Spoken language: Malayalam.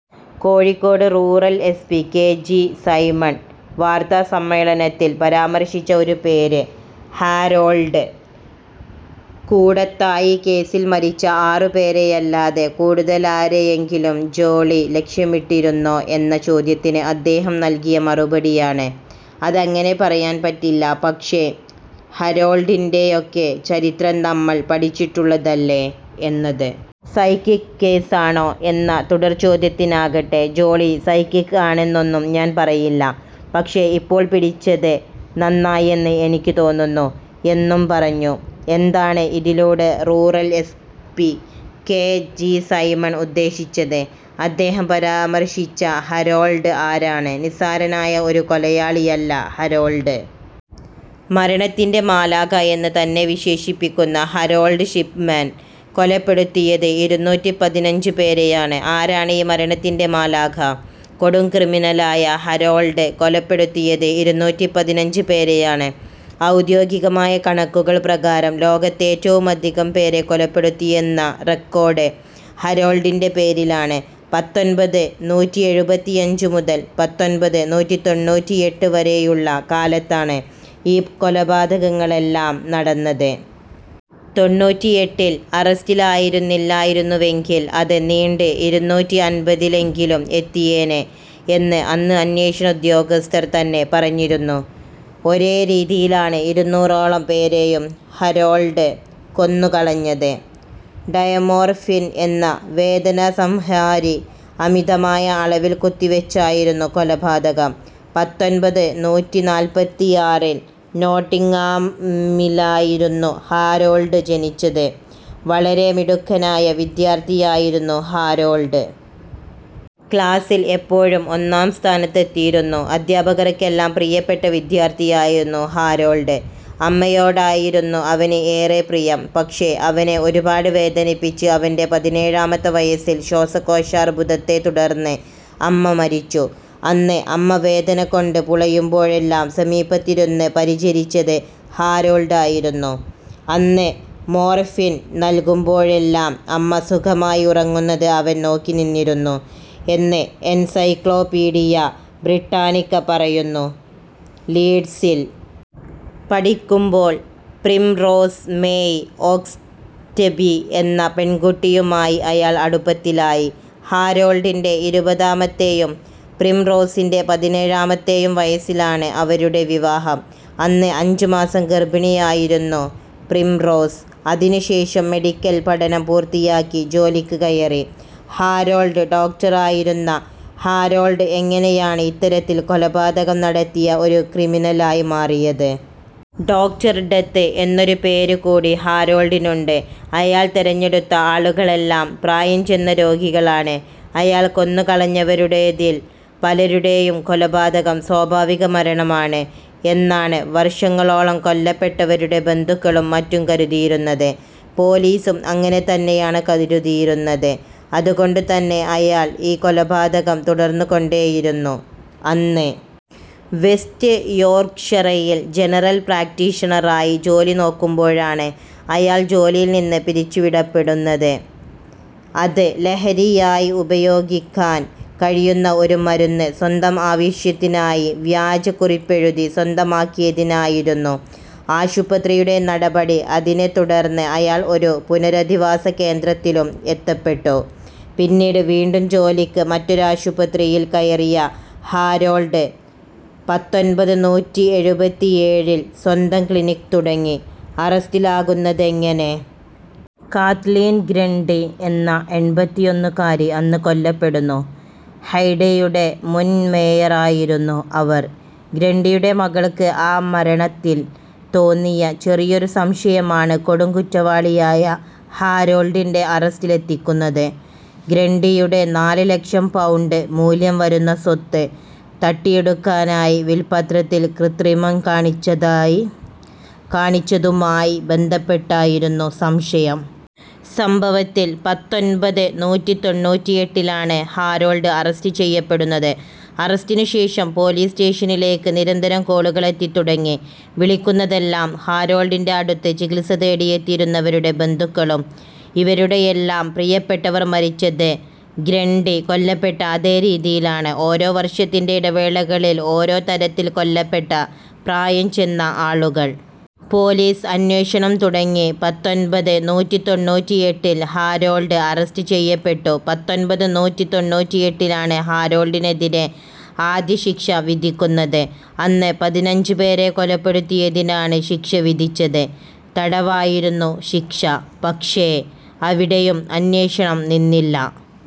Kozhikode rural S P K G Simon വാർത്താസമ്മേളനത്തിൽ പരാമർശിച്ച ഒരു പേര് ഹാരോൾഡ്. കൂടത്തായി കേസിൽ മരിച്ച ആറു പേരെയല്ലാതെ കൂടുതലാരെയെങ്കിലും ജോളി ലക്ഷ്യമിട്ടിരുന്നോ എന്ന ചോദ്യത്തിന് അദ്ദേഹം നൽകിയ മറുപടിയാണ്, അതങ്ങനെ പറയാൻ പറ്റില്ല. പക്ഷേ, ഹാരോൾഡിൻ്റെയൊക്കെ ചരിത്രം നമ്മൾ പഠിച്ചിട്ടുള്ളതല്ലേ എന്നത്. സൈക്കിക് കേസാണോ എന്ന തുടർചോദ്യത്തിനാകട്ടെ, ജോളി സൈക്കിക്ക് ആണെന്നൊന്നും ഞാൻ പറയില്ല, പക്ഷേ, ഇപ്പോൾ പിടിച്ചത് നന്നായെന്ന് എനിക്ക് തോന്നുന്നു എന്നും പറഞ്ഞു. എന്താണ് ഇതിലൂടെ rural S P K G Simon ഉദ്ദേശിച്ചത്. അദ്ദേഹം പരാമർശിച്ച ഹാരോൾഡ് ആരാണ്. നിസ്സാരനായ ഒരു കൊലയാളിയല്ല ഹാരോൾഡ്. മരണത്തിൻ്റെ മാലാഖ എന്ന് തന്നെ വിശേഷിപ്പിക്കുന്ന ഹാരോൾഡ് ഷിപ്മെൻ കൊലപ്പെടുത്തിയത് ഇരുനൂറ്റി പതിനഞ്ച് പേരെയാണ്. ആരാണ് ഈ മരണത്തിൻ്റെ മാലാഖ. കൊടുംക്രിമിനലായ ഹാരോൾഡ് കൊലപ്പെടുത്തിയത് ഇരുനൂറ്റി പതിനഞ്ച് പേരെയാണ്. ഔദ്യോഗികമായ കണക്കുകൾ പ്രകാരം ലോകത്തേറ്റവുമധികം പേരെ കൊലപ്പെടുത്തിയെന്ന റെക്കോർഡ് ഹാരോൾഡിൻ്റെ പേരിലാണ്. പത്തൊൻപത് നൂറ്റി എഴുപത്തിയഞ്ച് മുതൽ പത്തൊൻപത് നൂറ്റി തൊണ്ണൂറ്റിയെട്ട് വരെയുള്ള കാലത്താണ് ഈ കൊലപാതകങ്ങളെല്ലാം നടന്നത്. തൊണ്ണൂറ്റിയെട്ടിൽ അറസ്റ്റിലായിരുന്നില്ലായിരുന്നുവെങ്കിൽ അത് നീണ്ട് ഇരുന്നൂറ്റി അൻപതിലെങ്കിലും എത്തിയേനെ എന്ന് അന്ന് അന്വേഷണ ഉദ്യോഗസ്ഥർ തന്നെ പറഞ്ഞിരുന്നു. ഒരേ രീതിയിലാണ് ഇരുന്നൂറോളം പേരെയും ഹാരോൾഡ് കൊന്നുകളഞ്ഞത്. ഡയമോർഫിൻ എന്ന വേദനസംഹാരി അമിതമായ അളവിൽ കുത്തിവെച്ചായിരുന്നു കൊലപാതകം. പത്തൊൻപത് നൂറ്റി നാല്പത്തിയാറിൽ നോട്ടിങ്ങാമിലായിരുന്നു ഹാരോൾഡ് ജനിച്ചത്. വളരെ മിടുക്കനായ വിദ്യാർഥിയായിരുന്നു ഹാരോൾഡ്. ക്ലാസിൽ എപ്പോഴും ഒന്നാം സ്ഥാനത്തെത്തിയിരുന്നു. അധ്യാപകർക്കെല്ലാം പ്രിയപ്പെട്ട വിദ്യാർഥിയായിരുന്നു ഹാരോൾഡ്. അമ്മയോടായിരുന്നു അവന് ഏറെ പ്രിയം. പക്ഷേ, അവനെ ഒരുപാട് വേദനിപ്പിച്ച് അവൻ്റെ പതിനേഴാമത്തെ വയസ്സിൽ ശ്വാസകോശാർബുദത്തെ തുടർന്ന് അമ്മ മരിച്ചു. അന്ന് അമ്മ വേദനകൊണ്ട് പുളയുമ്പോഴെല്ലാം സമീപത്തിരുന്ന് പരിചരിച്ചത് ഹാരോൾഡായിരുന്നു. അന്ന് മോർഫിൻ നൽകുമ്പോഴെല്ലാം അമ്മ സുഖമായി ഉറങ്ങുന്നത് അവൻ നോക്കിനിന്നിരുന്നു എന്ന് എൻസൈക്ലോപീഡിയ ബ്രിട്ടാനിക്ക പറയുന്നു. ലീഡ്സിൽ പഠിക്കുമ്പോൾ പ്രിംറോസ് മേയ് ഓക്സ്റ്റബി എന്ന പെൺകുട്ടിയുമായി അയാൾ അടുപ്പത്തിലായി. ഹാരോൾഡിൻ്റെ ഇരുപതാമത്തെയും പ്രിംറോസിൻ്റെ പതിനേഴാമത്തെയും വയസ്സിലാണ് അവരുടെ വിവാഹം. അന്ന് അഞ്ച് മാസം ഗർഭിണിയായിരുന്നു പ്രിംറോസ്. അതിനുശേഷം മെഡിക്കൽ പഠനം പൂർത്തിയാക്കി ജോലിക്ക് കയറി ഹാരോൾഡ്. ഡോക്ടറായിരുന്ന ഹാരോൾഡ് എങ്ങനെയാണ് ഇത്തരത്തിൽ കൊലപാതകം നടത്തിയ ഒരു ക്രിമിനലായി മാറിയത്. ഡോക്ടർ ഡെത്ത് എന്നൊരു പേര് കൂടി ഹാരോൾഡിനുണ്ട്. അയാൾ തെരഞ്ഞെടുത്ത ആളുകളെല്ലാം പ്രായം ചെന്ന രോഗികളാണ്. അയാൾ കൊന്നുകളഞ്ഞവരുടേതിൽ പലരുടെയും കൊലപാതകം സ്വാഭാവിക മരണമാണ് എന്നാണ് വർഷങ്ങളോളം കൊല്ലപ്പെട്ടവരുടെ ബന്ധുക്കളും മറ്റും കരുതിയിരുന്നത്. പൊലീസും അങ്ങനെ തന്നെയാണ് കരുതിയിരുന്നത്. അതുകൊണ്ടുതന്നെ അയാൾ ഈ കൊലപാതകം തുടർന്നുകൊണ്ടേയിരുന്നു. അന്ന് വെസ്റ്റ് യോർക്ക്ഷയറിൽ ജനറൽ പ്രാക്ടീഷണറായി ജോലിനോക്കുമ്പോഴാണ് അയാൾ ജോലിയിൽ നിന്ന് പിരിച്ചുവിടപ്പെടുന്നത്. അത് ലഹരിയായി ഉപയോഗിക്കാൻ കഴിയുന്ന ഒരു മരുന്ന് സ്വന്തം ആവശ്യത്തിനായി വ്യാജ കുറിപ്പെഴുതി സ്വന്തമാക്കിയതിനായിരുന്നു ആശുപത്രിയുടെ നടപടി. അതിനെത്തുടർന്ന് അയാൾ ഒരു പുനരധിവാസകേന്ദ്രത്തിലും എത്തപ്പെട്ടു. പിന്നീട് വീണ്ടും ജോലിക്ക് മറ്റൊരാശുപത്രിയിൽ കയറിയ ഹാരോൾഡ് പത്തൊൻപത് നൂറ്റി എഴുപത്തിയേഴിൽ സ്വന്തം ക്ലിനിക്ക് തുടങ്ങി. അറസ്റ്റിലാകുന്നതെങ്ങനെ. കാത്‌ലീൻ ഗ്രണ്ടി എന്ന എൺപത്തിയൊന്നുകാരി അന്ന് കൊല്ലപ്പെടുന്നു. ഹൈഡെയുടെ മുൻ മേയറായിരുന്നു അവർ. ഗ്രണ്ടിയുടെ മകൾക്ക് ആ മരണത്തിൽ തോന്നിയ ചെറിയൊരു സംശയമാണ് കൊടുംകുറ്റവാളിയായ ഹാരോൾഡിൻ്റെ അറസ്റ്റിലെത്തിക്കുന്നത്. ഗ്രണ്ടിയുടെ നാല് ലക്ഷം പൗണ്ട് മൂല്യം വരുന്ന സ്വത്ത് തട്ടിയെടുക്കാനായി വിൽപത്രത്തിൽ കൃത്രിമം കാണിച്ചതുമായി ബന്ധപ്പെട്ടായിരുന്നു സംശയം. സംഭവത്തിൽ പത്തൊൻപത് നൂറ്റി തൊണ്ണൂറ്റിയെട്ടിലാണ് ഹാരോൾഡ് അറസ്റ്റ് ചെയ്യപ്പെടുന്നത്. അറസ്റ്റിനുശേഷം പൊലീസ് സ്റ്റേഷനിലേക്ക് നിരന്തരം കോളുകളെത്തിത്തുടങ്ങി. വിളിക്കുന്നതെല്ലാം ഹാരോൾഡിൻ്റെ അടുത്ത് ചികിത്സ തേടിയെത്തിയിരുന്നവരുടെ ബന്ധുക്കളും. ഇവരുടെയെല്ലാം പ്രിയപ്പെട്ടവർ മരിച്ചത് ഗ്രണ്ടി കൊല്ലപ്പെട്ട അതേ രീതിയിലാണ്. ഓരോ വർഷത്തിൻ്റെ ഇടവേളകളിൽ ഒരേ തരത്തിൽ കൊല്ലപ്പെട്ട പ്രായം ചെന്ന ആളുകൾ. പൊലീസ് അന്വേഷണം തുടങ്ങി. പത്തൊൻപത് നൂറ്റി തൊണ്ണൂറ്റിയെട്ടിൽ ഹാരോൾഡ് അറസ്റ്റ് ചെയ്യപ്പെട്ടു. പത്തൊൻപത് നൂറ്റി തൊണ്ണൂറ്റിയെട്ടിലാണ് ഹാരോൾഡിനെതിരെ ആദ്യശിക്ഷ വിധിക്കുന്നത്. അന്ന് പതിനഞ്ച് പേരെ കൊലപ്പെടുത്തിയതിനാണ് ശിക്ഷ വിധിച്ചത്. തടവായിരുന്നു ശിക്ഷ. പക്ഷേ, അവിടെയും അന്വേഷണം നിന്നില്ല.